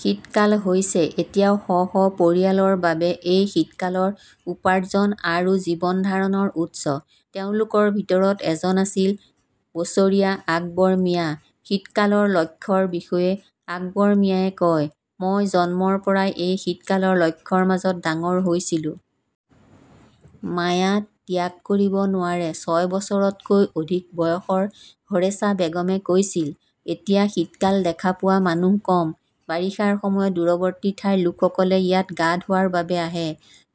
শীতকাল হৈছে এতিয়াও শ -শ পৰিয়ালৰ বাবে এই শীতকালৰ উপাৰ্জন আৰু জীৱন ধাৰণৰ উৎস। তেওঁলোকৰ ভিতৰত এজন আছিল বছৰীয়া আকবৰ মিয়া। শীতকালৰ লক্ষ্যৰ বিষয়ে আকবৰ মিয়াৱে কয়,'মই জন্মৰ পৰাই এই শীতকালৰ লক্ষ্যৰ মাজত ডাঙৰ হৈছিলো'। মায়া ত্যাগ কৰিব নোৱাৰে। ছয় বছৰতকৈ অধিক বয়সৰ হৰেছা বেগমে কৈছিল, এতিয়া শীতকাল দেখা পোৱা মানুহ কম। বাৰিষাৰ সময়ত দূৰৱৰ্তী ঠাইৰ লোকসকলে ইয়াত গা ধোৱাৰ বাবে আহে।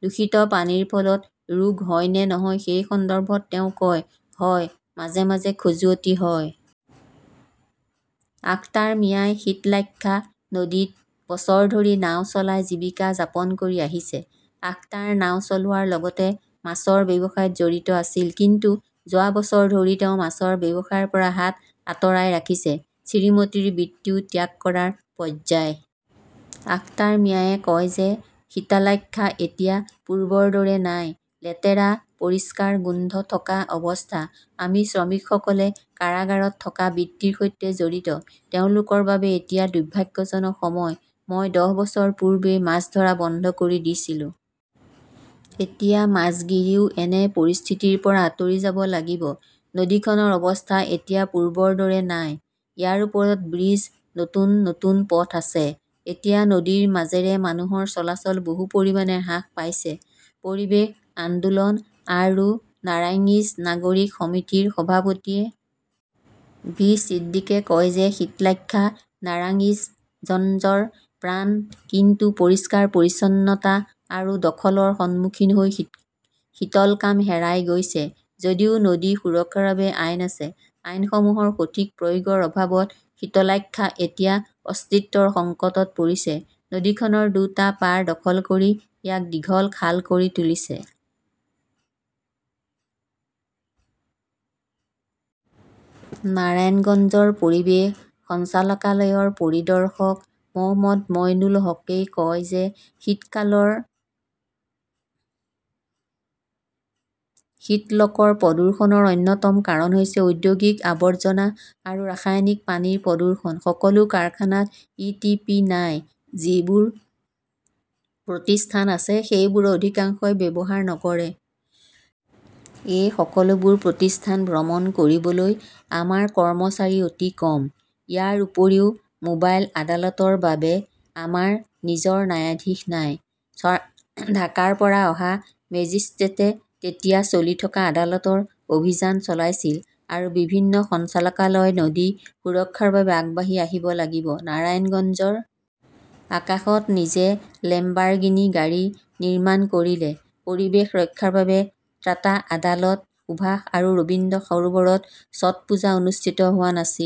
দূষিত পানীৰ ফলত ৰোগ হয় নে নহয় সেই সন্দৰ্ভত তেওঁ কয়, হয় মাজে -মাজে খজুৱতি হয়। আখতাৰ মিয়াই শীতলাক্ষ্যা নদীত বছৰ ধৰি নাওঁ চলাই জীৱিকা যাপন কৰি আহিছে। আখতাৰ নাওঁ চলোৱাৰ লগতে মাছৰ ব্যৱসায়ত জড়িত আছিল। কিন্তু যোৱা বছৰ ধৰি তেওঁ মাছৰ ব্যৱসায়ৰ পৰা হাত আঁতৰাই ৰাখিছে। শ্ৰীমতীৰ বৃত্তিও ত্যাগ কৰাৰ পৰ্যায়। আখতাৰ মিয়াৱে কয় যে শীতলাক্ষ্যা এতিয়া পূৰ্বৰ দৰে নাই। লেতেৰা, পৰিষ্কাৰ গোন্ধ থকা অৱস্থা। আমি শ্ৰমিকসকল কাৰাগাৰত থকা বৃত্তিৰ সৈতে জড়িত। তেওঁলোকৰ বাবে এতিয়া দুৰ্ভাগ্যজনক সময়। মই দহ বছৰ পূৰ্বে মাছ ধৰা বন্ধ কৰি দিছিলোঁ। এতিয়া মাজিগিৰিও এনে পৰিস্থিতিৰ পৰা আঁতৰি যাব লাগিব। নদীখনৰ অৱস্থা এতিয়া পূৰ্বৰ দৰে নাই। ইয়াৰ ওপৰত ব্ৰীজ, নতুন -নতুন পথ আছে। এতিয়া নদীৰ মাজেৰে মানুহৰ চলাচল বহু পৰিমাণে হ্ৰাস পাইছে। পৰিৱেশ আন্দোলন আৰু নাৰাংইজ নাগৰিক সমিতিৰ সভাপতি এ. বি. ছিদ্দিকে কয় যে শীতলক্ষ্যা নাৰাংইজগঞ্জৰ প্ৰাণ। কিন্তু পৰিষ্কাৰ-পৰিচ্ছন্নতা আৰু দখলৰ সন্মুখীন হৈ শীতলকাম হেৰাই গৈছে, যদিও নদী সুৰক্ষাৰ বাবে আইন আছে ,আইনসমূহৰ সঠিক প্ৰয়োগৰ অভাৱত শীত শীতলাক্ষ্যা এতিয়া অস্তিত্বৰ সংকটত পৰিছে। নদীখনৰ দুটা পাৰ দখল কৰি ইয়াক দীঘল খাল কৰি তুলিছে। নাৰায়ণগঞ্জৰ পৰিৱেশ সঞ্চালকালয়ৰ পৰিদৰ্শক মো. মইনুল হকই কয় যে শীতকালৰ শীতলকৰ প্ৰদূষণৰ অন্যতম কাৰণ হৈছে ঔদ্যোগিক আৱৰ্জনা আৰু ৰাসায়নিক পানীৰ প্ৰদূষণ। সকলো কাৰখানাত ই টি পি নাই। যিবোৰ প্ৰতিষ্ঠান আছে সেইবোৰৰ অধিকাংশই ব্যৱহাৰ নকৰে। এই সকলোবোৰ প্ৰতিষ্ঠান ভ্ৰমণ কৰিবলৈ আমাৰ কৰ্মচাৰী অতি কম। ইয়াৰ উপৰিও মোবাইল আদালতৰ বাবে আমাৰ নিজৰ নায়াধীশ নাই। ঢাকাৰ পৰা অহা মেজিস্ট্ৰেটে তেতিয়া চলি থকা আদালতৰ অভিযান চলাইছিল। আৰু বিভিন্ন সঞ্চালকালয়ই নদী সুৰক্ষাৰ বাবে আগবাঢ়ি আহিব লাগিব। নাৰায়ণগঞ্জৰ আকাশত নিজে লেম্বাৰগিনি গাড়ী নিৰ্মাণ কৰিলে। পৰিৱেশ ৰক্ষাৰ বাবে ত্ৰাতা আদালত সুভাষ আৰু ৰবীন্দ্ৰ সৰোবৰত ছট পূজা অনুষ্ঠিত হোৱা নাছিল।